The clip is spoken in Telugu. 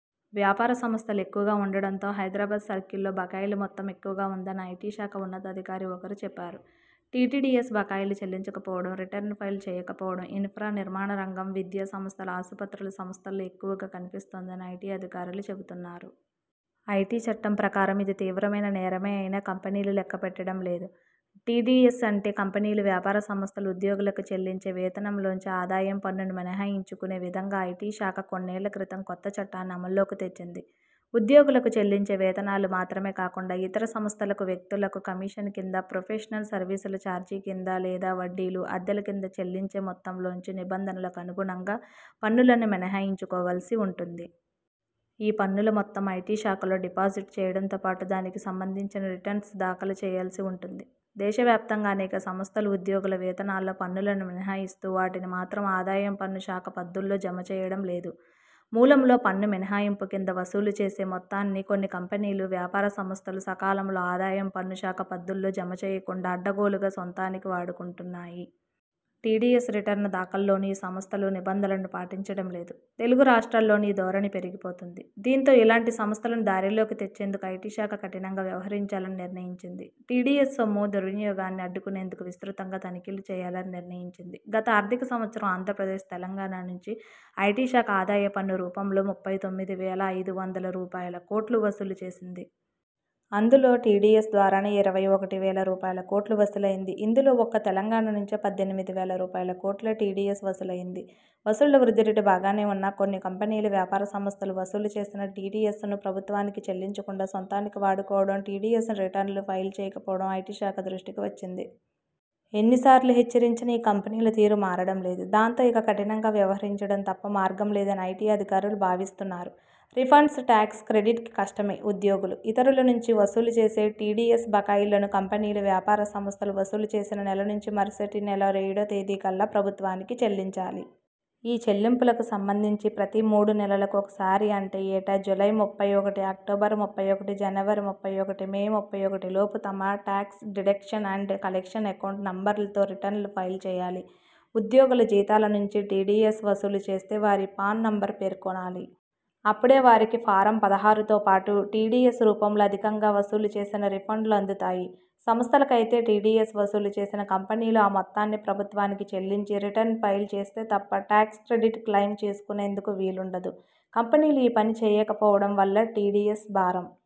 వ్యాపార సంస్థలు ఎక్కువగా ఉండడంతో హైదరాబాద్ సర్కిల్లో బకాయిల మొత్తం ఎక్కువగా ఉందని ఐటి శాఖ ఉన్నతాధికారి ఒకరు చెప్పారు. టిటిడిఎస్ బకాయిలు చెల్లించకపోవడం, రిటర్న్లు ఫైల్ చేయక పోవడం ఇన్ఫ్రా, నిర్మాణ రంగం, విద్యా సంస్థలు, ఆస్పత్రుల సంస్థల్లో ఎక్కువగా కనిపిస్తోందని ఐటి అధికారులు చెబుతున్నారు. ఐటి చట్టం ప్రకారం ఇది తీవ్రమైన నేరమే అయినా కంపెనీలు లెక్కపెట్టడం లేదు. టిడిఎస్ అంటే.. కంపెనీలు, వ్యాపార సంస్థలు ఉద్యోగులకు చెల్లించే వేతనంలోంచే ఆదాయం పన్నును మినహాయించుకునే విధంగా ఐటి శాఖ కొన్నేళ్ల క్రితం కొత్త చట్టాన్ని అమల్లోకి తెచ్చింది. ఉద్యోగులకు చెల్లించే వేతనాలు మాత్రమే కాకుండా ఇతర సంస్థలకు వ్యక్తులకు కమీషన్ కింద, ప్రొఫెషనల్ సర్వీసుల చార్జీ కింద లేదా వడ్డీలు, అద్దెల కింద చెల్లించే మొత్తంలోంచి నిబంధనలకు అనుగుణంగా పన్నులను మినహాయించుకోవాల్సి ఉంటుంది. ఈ పన్నుల మొత్తం ఐటి శాఖలో డిపాజిట్ చేయడంతో పాటు దానికి సంబంధించిన రిటర్న్స్ దాఖలు చేయాల్సి ఉంటుంది. దేశవ్యాప్తంగా అనేక సంస్థలు ఉద్యోగుల వేతనాల్లో పన్నులను మినహాయిస్తూ వాటిని మాత్రం ఆదాయం పన్ను శాఖ పద్దుల్లో జమచేయడం లేదు. మూలంలో పన్ను మినహాయింపు కింద వసూలు చేసే మొత్తాన్నీ కొన్ని కంపెనీలు, వ్యాపార సంస్థలు సకాలంలో ఆదాయం పన్ను శాఖ పద్దులో జమచేయకుండా అడ్డగోలుగా సొంతానికి వాడుకుంటున్నాయి. టిడిఎస్ రిటర్న్ల దాఖల్లోనూ ఈ సంస్థలు నిబంధనలను పాటించడంలేదు. తెలుగు రాష్ట్రాల్లోనూ ఈ ధోరణి పెరిగిపోతోంది. దీంతో ఇలాంటి సంస్థలను దారిలోకి తెచ్చేందుకు ఐటి శాఖ కఠినంగా వ్యవహరించాలని నిర్ణయించింది. టిడిఎస్ సొమ్ము దుర్వినియోగాన్ని అడ్డుకునేందుకు విస్తృతంగా తనిఖీలు చేయాలని నిర్ణయించింది. గత ఆర్థిక సంవత్సరం ఆంధ్రప్రదేశ్, తెలంగాణ నుంచి ఐటి శాఖ ఆదాయ పన్ను రూపం లో ముప్పై తొమ్మిది వేల ఐదు వందల రూపాయలుకోట్లు వసూలు చేసింది. అందు లో టిడిఎస్ ద్వారానే ఇరవై ఒకటి వేల రూపాయలుకోట్లు వసూలైంది. ఇందులో ఒక్క తెలంగాణ నుంచే పద్దెనిమిది వేల రూపాయలుకోట్ల టిడిఎస్ వసూలైంది. వసూళ్ల వృద్ధి రేటు బాగానే ఉన్నా కొన్ని కంపెనీలు, వ్యాపార సంస్థలు వసూలు చేసిన టిడిఎ్సను ప్రభుత్వానికి చెల్లించకుండా సొంతానికి వాడుకోవడం, టిడిఎస్ రిటర్న్లు ఫైల్ చేయకపోవడం ఐటి శాఖ దృష్టికి వచ్చింది. ఎన్నిసార్లు హెచ్చరించినా ఈ కంపెనీల తీరు మారడం లేదు. దాంతో ఇక కఠినంగా వ్యవహరించడం తప్ప మార్గం లేదని ఐటి అధికారులు భావిస్తున్నారు. రీఫండ్స్, టాక్స్ క్రెడిట్కీ కష్టమే ఉద్యోగులు, ఇతరుల నుంచి వసూలు చేసే టిడిఎస్ బకాయిలను కంపెనీలు, వ్యాపార సంస్థలు వసూలు చేసిన నెల నుంచి మరుసటి నెల ఏడో తేదీకల్లా ప్రభుత్వానికి చెల్లించాలి. ఈ చెల్లింపులకు సంబంధించి ప్రతి మూడు నెలలకు ఒకసారి అంటే ఏటా జూలై ముప్పై ఒకటి, అక్టోబర్ ముప్పై ఒకటి, జనవరి ముప్పై ఒకటి, మే ముప్పై ఒకటిలోపు తమ tax deduction and collection account నంబర్తో రిటర్న్లు ఫైల్ చేయాలి. ఉద్యోగుల జీతాల నుంచి టిడిఎస్ వసూలు చేస్తే వారి పాన్ నంబరూ పేర్కొనాలి. అపుడే వారికి ఫారం-పదహారుతోపాటు టిడిఎస్ రూపంలో అధికంగా వసూలు చేసిన రిఫండ్లు అందుతాయి. సంస్థలకైతే టిడిఎస్ వసూ లు చేసిన కంపెనీలు ఆ మొత్తాన్ని ప్రభుత్వానికి చెల్లించి రిటర్న్ ఫైల్ చేస్తే తప్ప టాక్స్ క్రెడిట్ క్లెయిమ్ చేసుకునేందుకు వీలుండదు. 'కంపెనీలు ఈ పని చేయక పోవడం వల్ల టిడిఎస్ భారం